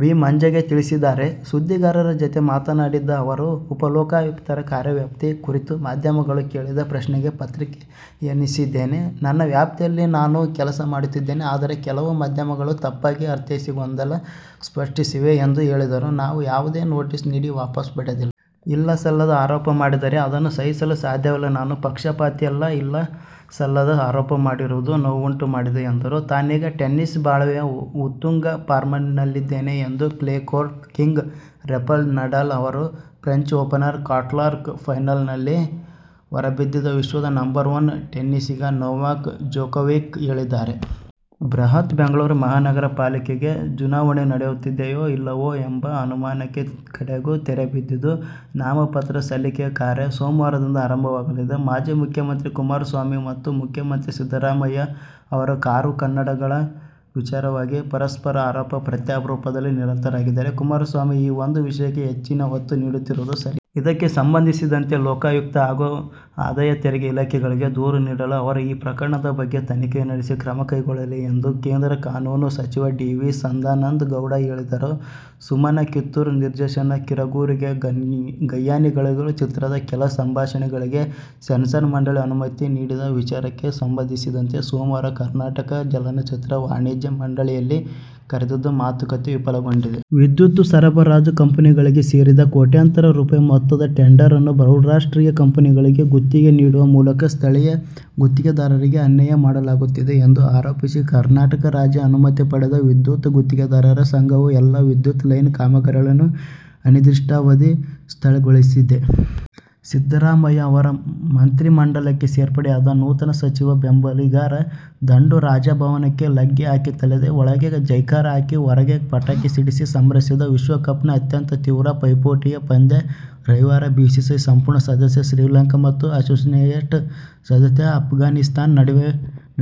B. Majage ತಿಳಿಸಿದ್ದಾರೆ. ಸುದ್ದಿಗಾರರ ಜತೆ ಮಾತನಾಡಿದ ಅವರು, ಉಪಲೋಕಾಯುಕ್ತರ ಕಾರ್ಯವ್ಯಾಪ್ತಿ ಕುರಿತು ಮಾಧ್ಯಮಗಳು ಕೇಳಿದ ಪ್ರಶ್ನೆಗೆ ಪ್ರತಿಕ್ರಿಯಿಸಿದ್ದೇನೆ. ನನ್ನ ವ್ಯಾಪ್ತಿಯಲ್ಲಿ ನಾನು ಕೆಲಸ ಮಾಡುತ್ತಿದ್ದೇನೆ. ಆದರೆ, ಕೆಲವು ಮಾಧ್ಯಮಗಳು ತಪ್ಪಾಗಿ ಅರ್ಥೈಸಿ ಗೊಂದಲ ಸೃಷ್ಟಿಸಿವೆ ಎಂದು ಹೇಳಿದರು. ನಾನು ಯಾವುದೇ ನೊಟೀಸ್ ನೀಡಿ ವಾಪಸ್ ಪಡೆದಿಲ್ಲ. ಇಲ್ಲ-ಸಲ್ಲದ ಆರೋಪ ಮಾಡಿದರೆ ಅದನ್ನು ಸಹಿಸಲು ಸಾಧ್ಯವಿಲ್ಲ. ನಾನು ಪಕ್ಷಪಾತಿಯಲ್ಲ. ಇಲ್ಲ-ಸಲ್ಲದ ಆರೋಪ ಮಾಡಿರುವುದು ನೋವುಂಟು ಮಾಡಿದೆ ಎಂದರು. ತಾನೀಗ ಟೆನಿಸ್ ಬಾಳ್ವೆಯ ಉತ್ತುಂಗ ಫಾರ್ಮ್ನಲ್ಲಿದ್ದೇನೆ ಎಂದು "clay court king' Rafael Nadal ಅವರನ್ನು ಫ್ರೆಂಚ್ ಓಪನ್ ಕ್ವಾರ್ಟರ್ ಫೈನಲ್ನಲ್ಲಿ ಹೊರದಬ್ಬಿದ ವಿಶ್ವದ ನಂಬರ್ ವನ್ ಟೆನಿಸಿಗ ನೊವಾಕ್ ಜೊಕೋವಿಕ್ ಹೇಳಿದ್ದಾರೆ. ಬೃಹತ್ ಬೆಂಗಳೂರು ಮಹಾನಗರ ಪಾಲಿಕೆ ಗೆ ಚುನಾವಣೆ ನಡೆಯುತ್ತದೆಯೋ ಇಲ್ಲವೋ ಎಂಬ ಅನುಮಾನಕ್ಕೆ ಕಡೆಗೂ ತೆರೆ ಬಿದ್ದಿದ್ದು, ನಾಮಪತ್ರ ಸಲ್ಲಿಕೆ ಕಾರ್ಯ ಸೋಮವಾರದಿಂದ ಆರಂಭವಾಗಲಿದೆ. ಮಾಜಿ ಮುಖ್ಯಮಂತ್ರಿ ಕುಮಾರಸ್ವಾಮಿ ಮತ್ತು ಮುಖ್ಯಮಂತ್ರಿ ಸಿದ್ದರಾಮಯ್ಯ ಅವರು ಕಾರು, ಕನ್ನಡಕಗಳ ವಿಚಾರವಾಗಿ ಪರಸ್ಪರ ಆರೋಪ-ಪ್ರತ್ಯಾರೋಪದಲ್ಲಿ ನಿರತರಾಗಿದ್ದಾರೆ. ಕುಮಾರಸ್ವಾಮಿ ಈ ಒಂದು ವಿಷಯಕ್ಕೆ ಹೆಚ್ಚಿನ ಒತ್ತು ನೀಡುತ್ತಿರುವುದು ಸರಿಯಲ್ಲ. ಇದಕ್ಕೆ ಸಂಬಂಧಿಸಿದಂತೆ ಲೋಕಾಯುಕ್ತ ಹಾಗೂ ಆದಾಯ ತೆರಿಗೆ ಇಲಾಖೆಗಳಿಗೆ ದೂರು ನೀಡಲಿ. ಅವರು ಈ ಪ್ರಕರಣದ ಬಗ್ಗೆ ತನಿಖೆ ನಡೆಸಿ ಕ್ರಮ ಕೈಗೊಳ್ಳಲಿ ಎಂದು ಕೇಂದ್ರ ಕಾನೂನು ಸಚಿವ ಡಿ. ವಿ. ಸದಾನಂದ ಗೌಡ ಹೇಳಿದರು. ಸುಮನಾ ಕಿತ್ತೂರು ನಿರ್ದೇಶನದ ಕಿರಗೂರಿನ ಗಯ್ನಾಳಿಗಳು ಚಿತ್ರದ ಕೆಲ ಸಂಭಾಷಣೆಗಳಿಗೆ ಸೆನ್ಸಾರ್ ಮಂಡಳಿ ಅನುಮತಿ ನೀಡದ ವಿಚಾರಕ್ಕೆ ಸಂಬಂಧಿಸಿದಂತೆ ಸೋಮವಾರ ಕರ್ನಾಟಕ ಚಲನಚಿತ್ರ ವಾಣಿಜ್ಯ ಮಂಡಳಿಯಲ್ಲಿ ಕರೆದಿದ್ದ ಮಾತುಕತೆ ವಿಫಲಗೊಂಡಿದೆ. ವಿದ್ಯುತ್ ಸರಬರಾಜು ಕಂಪನಿಗಳಿಗೆ ಸೇರಿದ ಕೋಟ್ಯಂತರ ರೂ. ಮೊತ್ತದ ಟೆಂಡರ್ ಅನ್ನು ಬಹುರಾಷ್ಟ್ರೀಯ ಕಂಪನಿಗಳಿಗೆ ಗುತ್ತಿಗೆ ನೀಡುವ ಮೂಲಕ ಸ್ಥಳೀಯ ಗುತ್ತಿಗೆದಾರರಿಗೆ ಅನ್ಯಾಯ ಮಾಡಲಾಗುತ್ತಿದೆ ಎಂದು ಆರೋಪಿಸಿ ಕರ್ನಾಟಕ ರಾಜ್ಯ ಅನುಮತಿ ಪಡೆದ ವಿದ್ಯುತ್ ಗುತ್ತಿಗೆದಾರರ ಸಂಘವು ಎಲ್ಲ ವಿದ್ಯುತ್ ಲೈನ್ ಕಾಮಗಾರಿಗಳನ್ನು ಅನಿರ್ದಿಷ್ಟಾವಧಿ ಸ್ಥಗಿತಗೊಳಿಸಿದೆ. ಸಿದ್ದರಾಮಯ್ಯ ಅವರ ಮಂತ್ರಿಮಂಡಲಕ್ಕೆ ಸೇರ್ಪಡೆಯಾದ ನೂತನಸಚಿವರ ಬೆಂಬಲಿಗರ ದಂಡು ರಾಜಭವನಕ್ಕೆ ಲಗ್ಗೆ ಹಾಕಿತ್ತಲ್ಲದೆ ಒಳಗೆ ಜೈಕಾರ ಹಾಕಿ ಹೊರಗೆ ಪಟಾಕಿ ಸಿಡಿಸಿ ಸಂಭ್ರಮಿಸಿತು. ವಿಶ್ವ ಕಪ್ನ ಅತ್ಯಂತ ತೀವ್ರ ಪೈಪೋಟಿಯ ಪಂದ್ಯ ರವಿವಾರ ಐಸಿಸಿಯ ಪೂರ್ಣ ಸದಸ್ಯ ಶ್ರೀಲಂಕಾ ಮತ್ತು ಅಸೋಸಿಯೇಟ್ ಸದಸ್ಯ ಅಫ್ಘಾನಿಸ್ಥಾನ ನಡುವೆ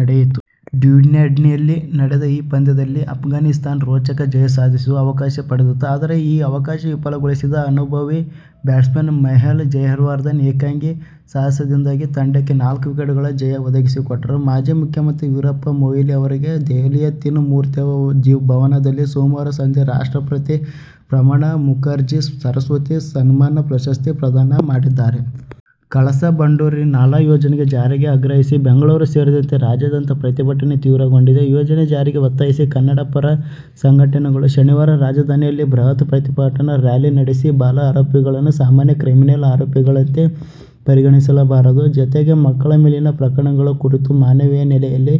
ನಡೆಯಿತು. ಡ್ಯುನೆಡಿನ್ನಲ್ಲಿ ನಡೆದ ಈ ಪಂದ್ಯದಲ್ಲಿ ಅಫ್ಘಾನಿಸ್ಥಾನ ರೋಚಕ ಜಯ ಸಾಧಿಸುವ ಅವಕಾಶ ಪಡೆದಿತ್ತು. ಆದರೆ ಈ ಅವಕಾಶ ವಿಫಲಗೊಳಿಸಿದ ಅನುಭವಿ ಬ್ಯಾಟ್ಸ್ಮನ್ ಮಾಹೇಲ ಜಯವರ್ಧನ ಏಕಾಂಗಿ ಸಾಹಸದಿಂದಾಗಿ ತಂಡಕ್ಕೆ ನಾಲ್ಕು ವಿಕೆಟ್ಗಳ ಜಯ ಒದಗಿಸಿಕೊಟ್ಟರು. ಮಾಜಿ ಮುಖ್ಯಮಂತ್ರಿ ವೀರಪ್ಪ ಮೊಯ್ಲಿ ಅವರಿಗೆ ದೆಹಲಿಯ ತೀನ್ ಮೂರ್ತಿ ಭವನದಲ್ಲಿ ಸೋಮವಾರ ಸಂಜೆ ರಾಷ್ಟ್ರಪತಿ ಪ್ರಣವ ಮುಖರ್ಜಿ ಸರಸ್ವತಿ ಸಮ್ಮಾನ್ ಪ್ರಶಸ್ತಿ ಪ್ರದಾನ ಮಾಡಿದರು. ಕಳಸಾ ಬಂಡೂರಿ ನಾಲಾ ಯೋಜನೆ ಜಾರಿಗೆ ಆಗ್ರಹಿಸಿ ಬೆಂಗಳೂರು ಸೇರಿದಂತೆ ರಾಜ್ಯಾದ್ಯಂತ ಪ್ರತಿಭಟನೆ ತೀವ್ರಗೊಂಡಿದೆ. ಯೋಜನೆ ಜಾರಿಗೆ ಒತ್ತಾಯಿಸಿ ಕನ್ನಡಪರ ಸಂಘಟನೆಗಳು ಶನಿವಾರ ರಾಜಧಾನಿಯಲ್ಲಿ ಬೃಹತ್ ಪ್ರತಿಭಟನಾ ರಾಲಿ ನಡೆಸಿವೆ. ಬಾಲ ಆರೋಪಿಗಳನ್ನು ಸಾಮಾನ್ಯ ಕ್ರಿಮಿನಲ್ ಆರೋಪಿಗಳಂತೆ ಪರಿಗಣಿಸಬಾರದು. ಜತೆಗೆ, ಮಕ್ಕಳ ಮೇಲಿನ ಪ್ರಕರಣಗಳ ಕುರಿತು ಮಾನವೀಯ ನೆಲೆಯಲ್ಲಿ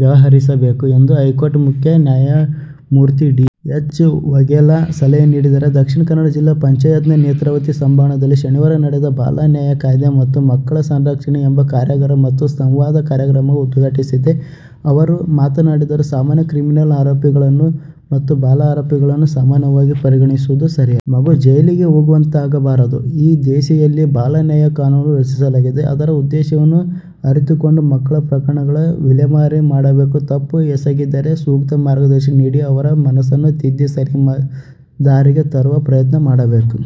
ವ್ಯವಹರಿಸಬೇಕು ಎಂದು ಹೈಕೋರ್ಟ್ ಮುಖ್ಯ ನ್ಯಾಯಮೂರ್ತಿ ಡಿ. ಎಚ್. ವಘೇಲಾ ಸಲಹೆ ನೀಡಿದ್ದಾರೆ. ದಕ್ಷಿಣ ಕನ್ನಡ ಜಿಲ್ಲಾ ಪಂಚಾಯತ್ನ ನೇತ್ರಾವತಿ ಸಭಾಂಗಣದಲ್ಲಿ ಶನಿವಾರ ನಡೆದ "ಬಾಲ ನ್ಯಾಯ ಕಾಯ್ದೆ' ಮತ್ತು ಮಕ್ಕಳ ಸಂರಕ್ಷಣೆ ಎಂಬ ಕಾರ್ಯಾಗಾರ ಮತ್ತು ಸಂವಾದ ಕಾರ್ಯಕ್ರಮ ಉದ್ಘಾಟಿಸಿ ಅವರು ಮಾತನಾಡಿದರು. ಸಾಮಾನ್ಯ ಕ್ರಿಮಿನಲ್ ಆರೋಪಿಗಳನ್ನು ಮತ್ತು ಬಾಲ ಆರೋಪಿಗಳನ್ನು ಸಮಾನವಾಗಿ ಪರಿಗಣಿಸುವುದು ಸರಿಯಲ್ಲ. ಮಗು ಜೈಲಿಗೆ ಹೋಗುವಂತಾಗಬಾರದು. ಈ ದಿಸೆಯಲ್ಲಿ ಬಾಲ ನ್ಯಾಯ ಕಾನೂನು ರಚಿಸಲಾಗಿದ್ದು, ಅದರ ಉದ್ದೇಶವನ್ನು ಅರಿತುಕೊಂಡು ಮಕ್ಕಳ ಪ್ರಕರಣಗಳ ವಿಲೇವಾರಿ ಮಾಡಬೇಕು. ತಪ್ಪು ಎಸಗಿದ್ದರೆ ಸೂಕ್ತ ಮಾರ್ಗದರ್ಶನ ನೀಡಿ ಅವರ ಮನಸ್ಸನ್ನು ತಿದ್ದಿ ಸರಿ ದಾರಿಗೆ ತರುವ ಪ್ರಯತ್ನ ಮಾಡಬೇಕು.